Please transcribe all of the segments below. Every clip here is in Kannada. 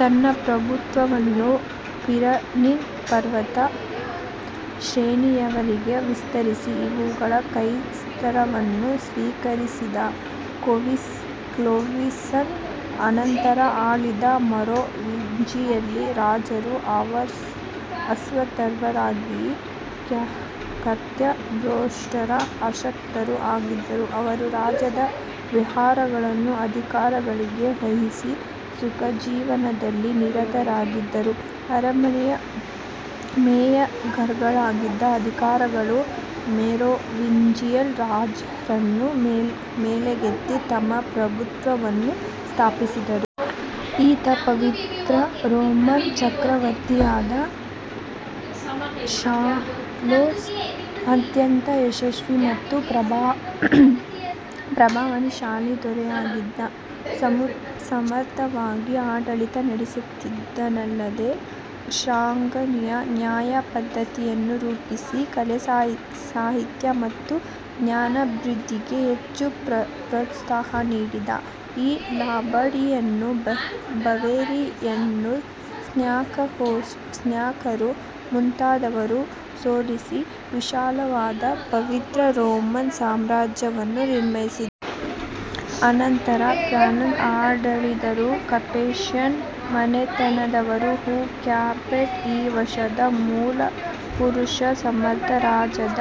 ತನ್ನ ಪ್ರಭುತ್ವವನ್ನು ಪಿರನೀಸ್ ಪರ್ವತ ಶ್ರೇಣಿಯವರೆಗೆ ವಿಸ್ತರಿಸಿದ. ಇವನು ಕ್ರೈಸ್ತಮತವನ್ನು ಸ್ವೀಕರಿಸಿದ. ಕ್ಲೊವಿಸನ ಅನಂತರ ಆಳಿದ ಮೆರೊವಿಂಜಿಯನ್ ರಾಜರು ಅಸಮರ್ಥರಾಗಿದ್ದರು. ಕರ್ತವ್ಯಭ್ರಷ್ಟರೂ ಅಶಕ್ತರೂ ಆಗಿದ್ದ ಅವರು ರಾಜ್ಯದ ವ್ಯವಹಾರಗಳನ್ನು ಅಧಿಕಾರಿಗಳಿಗೆ ವಹಿಸಿ, ಸುಖಜೀವನದಲ್ಲಿ ನಿರತರಾದರು. ಅರಮನೆಯ ಮೇಯರ್ಗಳಾಗಿದ್ದ ಅಧಿಕಾರಿಗಳು ಮೆರೊವಿಂಜಿಯನ್ ರಾಜರನ್ನು ಮೂಲೆಗೊತ್ತಿ ತಮ್ಮ ಪ್ರಭುತ್ವವನ್ನು ಸ್ಥಾಪಿಸಿದರು. ಈತ ಪವಿತ್ರ ರೋಮನ್ ಚಕ್ರವರ್ತಿಯಾದ. ಷಾರ್ಲ್ಮೇನ್ ಅತ್ಯಂತ ಯಶಸ್ವಿ ಮತ್ತು ಪ್ರಭಾವಶಾಲಿ ದೊರೆಯಾಗಿದ್ದು, ಸಮರ್ಥವಾಗಿ ಆಡಳಿತ ನಡೆಸಿದನಲ್ಲದೆ, ಶ್ಲಾಘನೀಯ ನ್ಯಾಯ ಪದ್ಧತಿಯನ್ನು ರೂಪಿಸಿ, ಕಲೆ, ಸಾಹಿತ್ಯ ಮತ್ತು ಜ್ಞಾನಾಭಿವೃದ್ಧಿಗೆ ಹೆಚ್ಚು ಪ್ರೋತ್ಸಾಹ ನೀಡಿದ. ಈತ ಲಂಬಾರ್ಡಿಯನ್ನರು, ಬವೇರಿಯನ್ನರು, ಸ್ಯಾಕ್ಸನರು ಮುಂತಾದವರನ್ನು ಸೋಲಿಸಿ ವಿಶಾಲವಾದ ಪವಿತ್ರ ರೋಮನ್ ಸಾಮ್ರಾಜ್ಯವನ್ನು ನಿರ್ಮಿಸಿದ. ಅನಂತರ ಫ್ರಾನ್ಸನ್ನು ಆಳಿದವರು ಕೆಫೀಷಿಯನ್ ಮನೆತನದವರು. ಹೂ ಕ್ಯಾಪೆಟ್ ಈ ವಂಶದ ಮೂಲಪುರುಷ, ಸಮರ್ಥ ರಾಜರ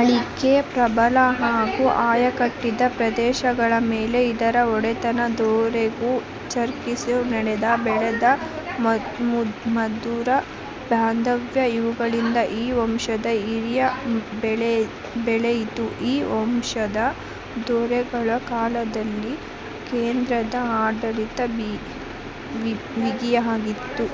ಆಳ್ವಿಕೆ, ಪ್ರಬಲ ಹಾಗೂ ಆಯಕಟ್ಟಿನ ಪ್ರದೇಶಗಳ ಮೇಲೆ ಇವರ ಒಡೆತನ, ದೊರೆಗೂ ಚರ್ಚಿಗೂ ನಡುವೆ ಬೆಳೆದ ಮಧುರ ಬಾಂಧವ್ಯ-ಇವುಗಳಿಂದ ಈ ವಂಶದ ಹಿರಿಮೆ ಬೆಳೆಯಿತು. ಈ ವಂಶದ ದೊರೆಗಳ ಕಾಲದಲ್ಲಿ ಕೇಂದ್ರದ ಆಡಳಿತ ಬಿಗಿಯಾಗಿತ್ತು.